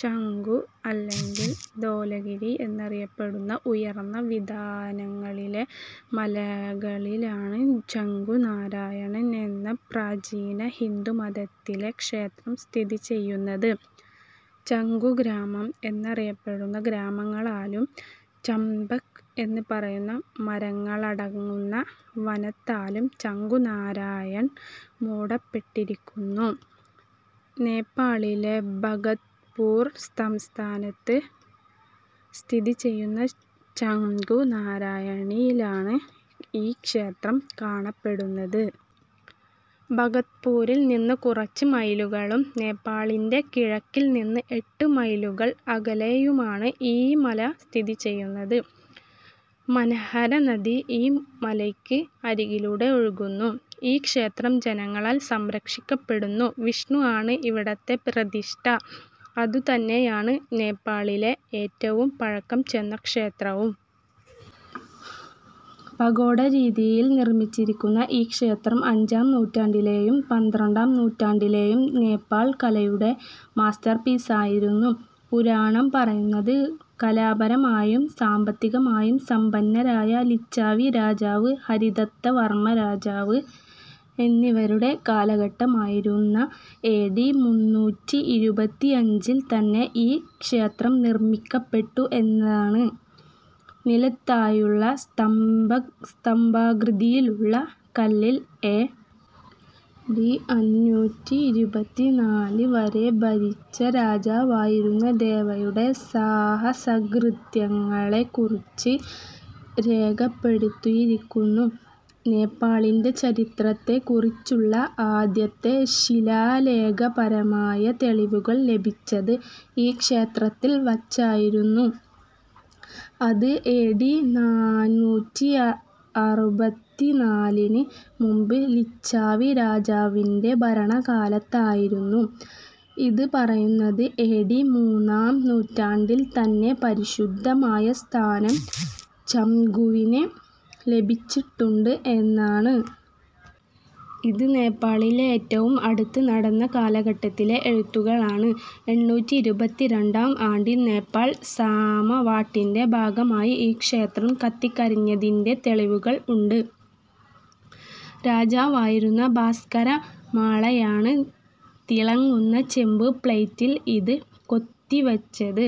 ചംഗു അല്ലെങ്കിൽ ദോലഗിരി എന്നറിയപ്പെടുന്ന ഉയർന്നവിതാനങ്ങളിലെ മലകളിലാണ് ചംഗു നാരായൺ എന്ന പ്രാചീന ഹിന്ദുമതത്തിലെ ക്ഷേത്രം സ്ഥിതിചെയ്യുന്നത്. ചംഗു ഗ്രാമം എന്നറിയപ്പെടുന്ന ഗ്രാമങ്ങളാലും, ചംപക് എന്ന് പറയുന്ന മരങ്ങളടങ്ങുന്ന വനത്താലും ചംഗു നാരായൺ മൂടപ്പെട്ടിരിക്കുന്നു. നേപ്പാളിലെ ബഗത്പൂർ സംസ്ഥാനത്ത് സ്ഥിതിചെയ്യുന്ന ചംഗു നാരായണിലാണ് ഈ ക്ഷേത്രം കാണപ്പെടുന്നത്. ബഗത്പൂരിൽ നിന്ന് കുറച്ച് മൈലുകളും, നേപ്പാളിൻ്റെ കിഴക്കിൽ നിന്ന് എട്ട് മൈലുകൾ അകലെയുമാണ് ഈ മല സ്ഥിതിചെയ്യുന്നത്. മനഹര നദി ഈ മലയ്ക്ക് അരികിലൂടെ ഒഴുകുന്നു. ഈ ക്ഷേത്രം ജനങ്ങളാൽ സംരക്ഷിക്കപ്പെടുന്നു. വിഷ്ണു ആണ് ഇവിടത്തെ പ്രതിഷ്ട. ഇതുതന്നെയാണ് നേപ്പാളിലെ ഏറ്റവും പഴക്കം ചെന്ന ക്ഷേത്രവും. പഗോഡ രീതിയിൽ നിർമ്മിച്ചിരിക്കുന്ന ഈ ക്ഷേത്രം അഞ്ചാം നൂറ്റാണ്ടിലേയും, പന്ത്രണ്ടാം നൂറ്റാണ്ടിലേയും നേപ്പാൾ കലയുടെ മാസ്റ്റർപീസായിരുന്നു. പുരാണം പറയുന്നത്, കലാപരമായും, സാമ്പത്തികമായും, സമ്പന്നരായ, ലിച്ചാവി രാജാവ്, ഹരിദത്ത വർമ രാജാവ് എന്നിവരുടെ കാലഘട്ടമായിരുന്ന എ. ഡി മുന്നൂറ്റിഇരുപത്തിഅഞ്ചിൽ തന്നെ ഈ ക്ഷേത്രം നിർമ്മിക്കപ്പെട്ടു എന്നാണ്. നിലത്തായുള്ള സ്തംഭാകൃതിയിലുള്ള കല്ലിൽ എ. ഡി അഞ്ഞൂറ്റീരുപത്തിനാല് വരെ ഭരിച്ച രാജാവായിരുന്ന ദേവയുടെ സാഹസകൃത്യങ്ങളെകുറിച്ച് രേഖപ്പെടുത്തിയിരിക്കുന്നു. നേപ്പാളിൻ്റെ ചരിത്രത്തെകുറിച്ചുള്ള ആദ്യത്തെ ശിലാലേഖപരമായ തെളിവുകൾ ലഭിച്ചത് ഈ ക്ഷേത്രത്തിൽ വച്ചായിരുന്നു, അത് എ. ഡി നാനൂറ്റിഅരറുപത്തിനാലിന് മുമ്പ് ലിച്ചാവി രാജാവിൻ്റെ ഭരണകാലത്തായിരുന്നു. ഇത് പറയുന്നത് എ. ഡി മൂന്നാം നൂറ്റാണ്ടിൽ തന്നെ പരിശുദ്ധമായ സ്ഥാനം ചംഗുവിന് ലഭിച്ചിട്ടുണ്ട് എന്നാണ്. ഇത് നേപ്പാളിലെ ഏറ്റവും അടുത്ത് നടന്ന കാലഘട്ടത്തിലെ എഴുത്തുകളാണ്. എണ്ണൂറ്റീരുപത്തിരണ്ടാം ആണ്ടിൽ നേപ്പാൾ സാമവാട്ടിൻ്റെ ഭാഗമായി ഈ ക്ഷേത്രം കത്തിക്കരിഞ്ഞതിൻ്റെ തെളിവുകൾ ഉണ്ട്. രാജാവായിരുന്ന ബാസ്ക്കര മാളയാണ് തിളങ്ങുന്ന ചെമ്പ് പ്ലെയിറ്റിൽ ഇത് കൊത്തിവച്ചത്.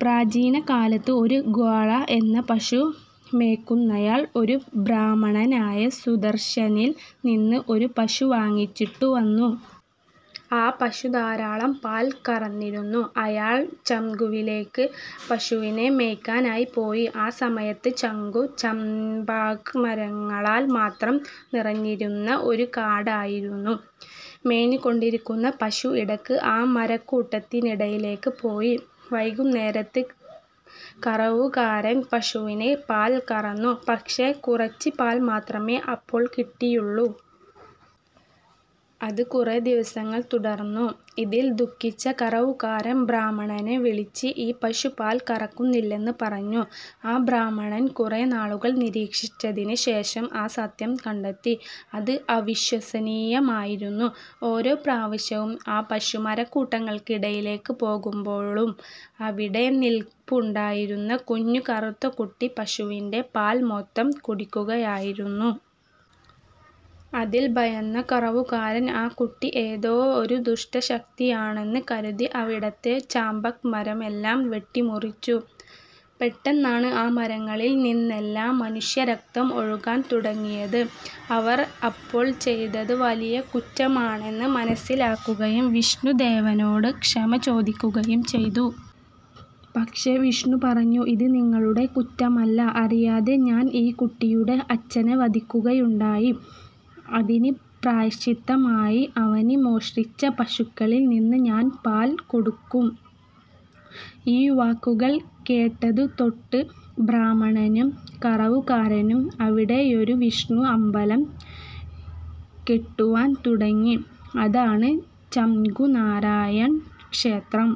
പ്രാചീനകാലത്ത് ഒരു ഗ്വാള, എന്ന പശു മേക്കുന്നയാൾ, ഒരു ബ്രാഹ്മണനായ സുദർശനിൽ നിന്ന് ഒരു പശു വാങ്ങിച്ചിട്ടു വന്നു. ആ പശു ധാരാളം പാൽ കറന്നിരുന്നു. അയാൾ ചംഗുവിലേക്ക് പശുവിനെ മേയ്ക്കാനായി പോയി. ആ സമയത്ത് ചംഗു ചംപാക് മരങ്ങളാൽ മാത്രം നിറഞ്ഞിരുന്ന ഒരു കാടായിരുന്നു. മേഞ്ഞുകൊണ്ടിരിക്കുന്ന പശു ഇടക്ക് ആ മരക്കൂട്ടത്തിനിടയിലേക്ക് പോയി. വൈകുന്നേരത്ത് കറവുകാരൻ പശുവിനെ പാൽ കറന്നു. പക്ഷെ കുറച്ച് പാൽ മാത്രമേ അപ്പോൾ കിട്ടിയുള്ളു. അത് കുറേ ദിവസങ്ങൾ തുടർന്നു. ഇതിൽ ദുഃഖിച്ച കറവുകാരൻ ബ്രാഹ്മണനെ വിളിച്ച് ഈ പശു പാൽ കറക്കുന്നില്ലെന്ന് പറഞ്ഞു. ആ ബ്രാഹ്മണൻ കുറേ നാളുകൾ നിരീക്ഷിച്ചതിന് ശേഷം ആ സത്യം കണ്ടെത്തി. അത് അവിശ്വസനീയമായിരുന്നു. ഓരോ പ്രാവിശ്യവും പശു ആ മരക്കൂട്ടങ്ങൾക്കിടയിലേക്ക് പോകുമ്പോളും അവിടെ നിൽപ്പുണ്ടായിരുന്ന ‘കുഞ്ഞു കറുത്ത കുട്ടി’ പശുവിൻ്റെ പാൽ മൊത്തം കുടിക്കുകയായിരുന്നു. അതിൽ ഭയന്ന കറവുകാരൻ ആ കുട്ടി ഏതോ ഒരു ദുഷ്ട ശക്തിയാണെന്ന് കരുതി അവിടത്തെ ചാംപക് മരമെല്ലാം വെട്ടിമുറിച്ചു, പെട്ടെന്നാണ് ആ മരങ്ങളിൽ നിന്നെല്ലാം മനുഷ്യ രക്തം ഒഴുകാൻ തുടങ്ങിയത്. അവർ അപ്പോൾ ചെയ്തത് വലിയ കുറ്റമാണെന്ന് മനസ്സിലാക്കുകയും വിഷ്ണു ദേവനോട് ക്ഷമ ചോദിക്കുകയും ചെയ്തു. പക്ഷെ വിഷ്ണു പറഞ്ഞു, ഇത് നിങ്ങളുടെ കുറ്റമല്ല, അറിയാതെ ഞാൻ ഈ കുട്ടിയുടെ അച്ഛനെ വധിക്കുയുണ്ടായി, അതിന് പ്രായശ്ചിത്തമായി അവന് മോഷ്ടിച്ച പശുക്കളിൽ നിന്ന് ഞാൻ പാൽ കൊടുക്കും. ഈ വാക്കുകൾ കേട്ടതുതൊട്ട് ബ്രാഹ്മണനും, കറവക്കാരനും അവിടെയൊരു വിഷ്ണു അമ്പലം കെട്ടുവാൻ തുടങ്ങി. അതാണ് ചംഗു നാരായൺ ക്ഷേത്രം.